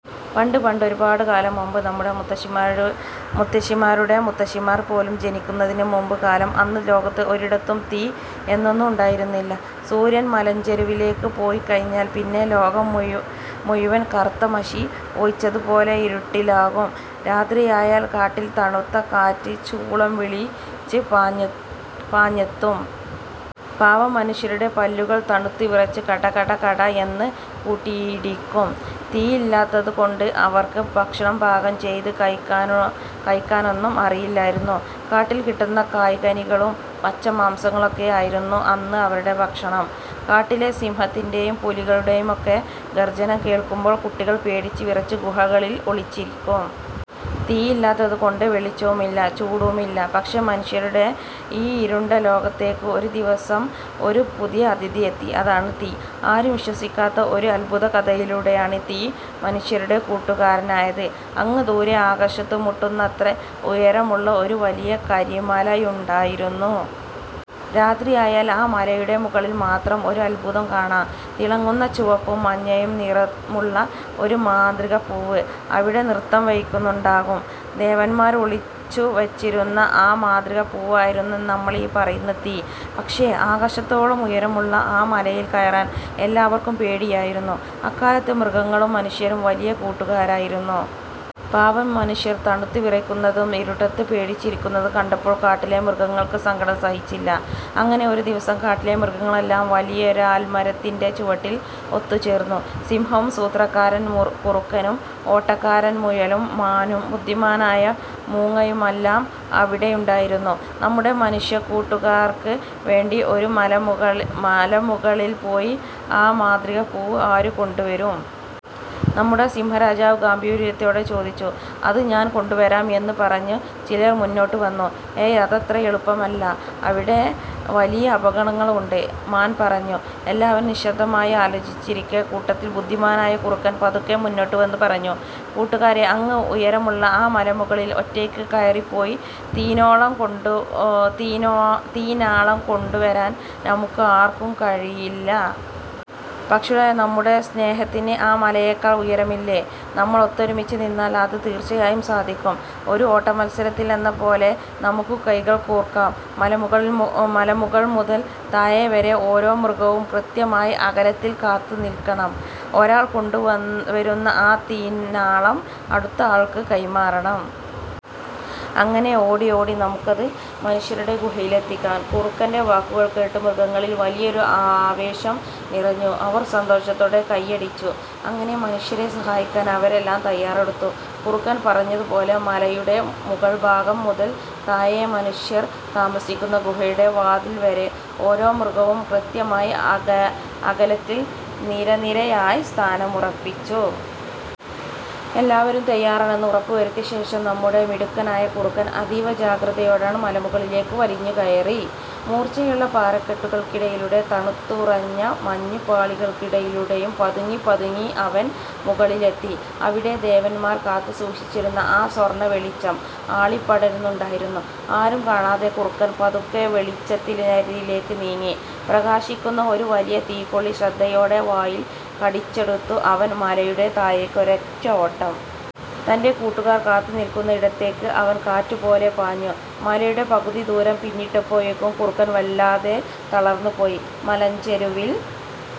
പണ്ട് പണ്ട് ഒരുപാട് കാലം മുൻപ് നമ്മുടെ മുത്തശ്ശിമാരുടെ മുത്തശ്ശിമാർ പോലും ജനിക്കുന്നതിനും മുൻപുള്ള കാലം. അന്ന് ലോകത്ത് ഒരിടത്തും 'തീ' എന്നൊന്ന് ഉണ്ടായിരുന്നില്ല. സൂര്യൻ മലഞ്ചരുവിലേക്ക് പോയിക്കഴിഞ്ഞാൽ പിന്നെ ലോകം മുഴുവൻ കറുത്ത മഷി ഒഴിച്ചതുപോലെ ഇരുട്ടിലാകും. രാത്രിയായാൽ കാട്ടിൽ തണുത്ത കാറ്റ് ചൂളം വിളിച്ച് പാഞ്ഞെത്തും. പാവം മനുഷ്യരുടെ പല്ലുകൾ തണുത്ത് വിറച്ച് 'കട-കട-കട' എന്ന് കൂട്ടിയിടിക്കും. തീയില്ലാത്തതുകൊണ്ട് അവർക്ക് ഭക്ഷണം പാകം ചെയ്ത് കഴിക്കാനൊന്നും അറിയില്ലായിരുന്നു. കാട്ടിൽ കിട്ടുന്ന കായ്കനികളും പച്ചമാംസവുമൊക്കെ ആയിരുന്നു അന്ന് അവരുടെ ഭക്ഷണം. കാട്ടിലെ സിംഹത്തിന്റെയും പുലിയുടെയുമൊക്കെ ഗർജനം കേൾക്കുമ്പോൾ കുട്ടികൾ പേടിച്ച് വിറച്ച് ഗുഹകളിൽ ഒളിച്ചിരിക്കും. തീയില്ലാത്തതു കൊണ്ട് വെളിച്ചവുമില്ല, ചൂടുമില്ല! പക്ഷേ, മനുഷ്യരുടെ ഈ ഇരുണ്ട ലോകത്തേക്ക് ഒരു ദിവസം ഒരു പുതിയ അതിഥി എത്തി. അതാണ് 'തീ'. ആരും വിശ്വസിക്കാത്ത ഒരു അത്ഭുത കഥയിലൂടെയാണ് തീ മനുഷ്യരുടെ കൂട്ടുകാരനായത്. അങ്ങ് ദൂരെ, ആകാശം മുട്ടുന്നത്ര ഉയരമുള്ള ഒരു വലിയ കരിമലയുണ്ടായിരുന്നു. രാത്രിയായാൽ ആ മലയുടെ മുകളിൽ മാത്രം ഒരു അത്ഭുതം കാണാം! തിളങ്ങുന്ന ചുവപ്പും മഞ്ഞയും നിറമുള്ള ഒരു 'മാന്ത്രികപ്പൂവ്' അവിടെ നൃത്തം വയ്ക്കുന്നുണ്ടാകും. ദേവന്മാർ ഒളിച്ചുവച്ചിരുന്ന ആ മാന്ത്രികപ്പൂവായിരുന്നു നമ്മളീ പറയുന്ന 'തീ'. പക്ഷേ ആകാശത്തോളം ഉയരമുള്ള ആ മലയിൽ കയറാൻ എല്ലാവർക്കും പേടിയായിരുന്നു. അക്കാലത്ത് മൃഗങ്ങളും മനുഷ്യരും വലിയ കൂട്ടുകാരായിരുന്നു. പാവം മനുഷ്യർ തണുത്ത് വിറയ്ക്കുന്നതും ഇരുട്ടത്ത് പേടിച്ചിരിക്കുന്നതും കണ്ടപ്പോൾ കാട്ടിലെ മൃഗങ്ങൾക്ക് സങ്കടം സഹിച്ചില്ല. അങ്ങനെ ഒരു ദിവസം കാട്ടിലെ മൃഗങ്ങളെല്ലാം വലിയൊരാൽമരത്തിന്റെ ചുവട്ടിൽ ഒത്തുചേർന്നു. സിംഹവും, സൂത്രക്കാരൻ കുറുക്കനും, ഓട്ടക്കാരൻ മുയലും, മാനും ബുദ്ധിമാനായ മൂങ്ങയുമെല്ലാം അവിടെയുണ്ടായിരുന്നു. "നമ്മുടെ മനുഷ്യക്കൂട്ടുകാർക്ക് വേണ്ടി മലമുകളിൽ പോയി ആഒരു മാന്ത്രികപ്പൂവ് ആര് കൊണ്ടുവരും? " നമ്മുടെ സിംഹരാജാവ് ഗാംഭീര്യത്തോടെ ചോദിച്ചു. "അത് ഞാൻ കൊണ്ടുവരാം! " എന്ന് പറഞ്ഞ് ചിലർ മുന്നോട്ടുവന്നു. "ഹേയ്, അതത്ര എളുപ്പമല്ല, അവിടെ വലിയ അപകടങ്ങളുണ്ട്! " മാൻ പറഞ്ഞു എല്ലാവരും നിശബ്ദരായി ആലോചിച്ചിരിക്കെ, കൂട്ടത്തിൽ ബുദ്ധിമാനായ കുറുക്കൻ പതുക്കെ മുന്നോട്ട് വന്നു പറഞ്ഞു: "കൂട്ടുകാരേ, അങ്ങ് ഉയരമുള്ള ആ മലമുകളിൽ ഒറ്റയ്ക്ക് കയറിപ്പോയി തീനാളം കൊണ്ടുവരാൻ നമുക്ക് ആർക്കും കഴിയില്ല. പക്ഷേ, നമ്മുടെ സ്നേഹത്തിന് ആ മലയേക്കാൾ ഉയരമില്ലേ? നമ്മൾ ഒത്തൊരുമിച്ച് നിന്നാൽ അത് തീർച്ചയായും സാധിക്കും! ഒരു ഓട്ടമത്സരത്തിലെന്ന പോലെ നമുക്ക് കൈകൾ കോർക്കാം. മലമുകൾ മുതൽ താഴെ വരെ ഓരോ മൃഗവും കൃത്യമായ അകലത്തിൽ കാത്തുനിൽക്കണം. ഒരാൾ കൊണ്ടുവരുന്ന ആ തീനാളം അടുത്ത ആൾക്ക് കൈമാറണം. അങ്ങനെ ഓടി ഓടി നമുക്കത് മനുഷ്യരുടെ ഗുഹയിലെത്തിക്കാം! " കുറുക്കന്റെ വാക്കുകൾ കേട്ട് മൃഗങ്ങളിൽ വലിയൊരു ആവേശം നിറഞ്ഞു. അവർ സന്തോഷത്തോടെ കൈയടിച്ചു. അങ്ങനെ മനുഷ്യരെ സഹായിക്കാൻ അവരെല്ലാം തയ്യാറെടുത്തു. കുറുക്കൻ പറഞ്ഞതുപോലെ, മലയുടെ മുകൾഭാഗം മുതൽ താഴെ മനുഷ്യർ താമസിക്കുന്ന ഗുഹയുടെ വാതിൽ വരെ ഓരോ മൃഗവും കൃത്യമായ അകലത്തിൽ നിരനിരയായി സ്ഥാനമുറപ്പിച്ചു. എല്ലാവരും തയ്യാറാണെന്ന് ഉറപ്പുവരുത്തിയ ശേഷം, നമ്മുടെ മിടുക്കനായ കുറുക്കൻ അതീവ ജാഗ്രതയോടെ മലമുകളിലേക്ക് വലിഞ്ഞുകയറി. മൂർച്ചയുള്ള പാറക്കെട്ടുകൾക്കിടയിലൂടെയും തണുത്തുറഞ്ഞ മഞ്ഞുപാളികൾക്കിടയിലൂടെയും പതുങ്ങിപ്പതുങ്ങി അവൻ മുകളിലെത്തി. അവിടെ, ദേവന്മാർ കാത്തുസൂക്ഷിച്ചിരുന്ന ആ സ്വർണ വെളിച്ചം ആളിപ്പടരുന്നുണ്ടായിരുന്നു! ആരും കാണാതെ കുറുക്കൻ പതുക്കെ വെളിച്ചത്തിനരികിലേക്ക് നീങ്ങി. പ്രകാശിക്കുന്ന ഒരു വലിയ തീക്കൊള്ളി ശ്രദ്ധയോടെ വായിൽ കടിച്ചെടുത്ത് അവൻ മലയുടെ താഴേക്ക് ഒരൊറ്റ ഓട്ടം! തന്റെ കൂട്ടുകാർ കാത്തുനിൽക്കുന്ന ഇടത്തേക്ക് അവൻ കാറ്റുപോലെ പാഞ്ഞു. മലയുടെ പകുതി ദൂരം പിന്നിട്ടപ്പോഴേക്കും കുറുക്കൻ വല്ലാതെ തളർന്നുപോയി. മലഞ്ചരുവിൽ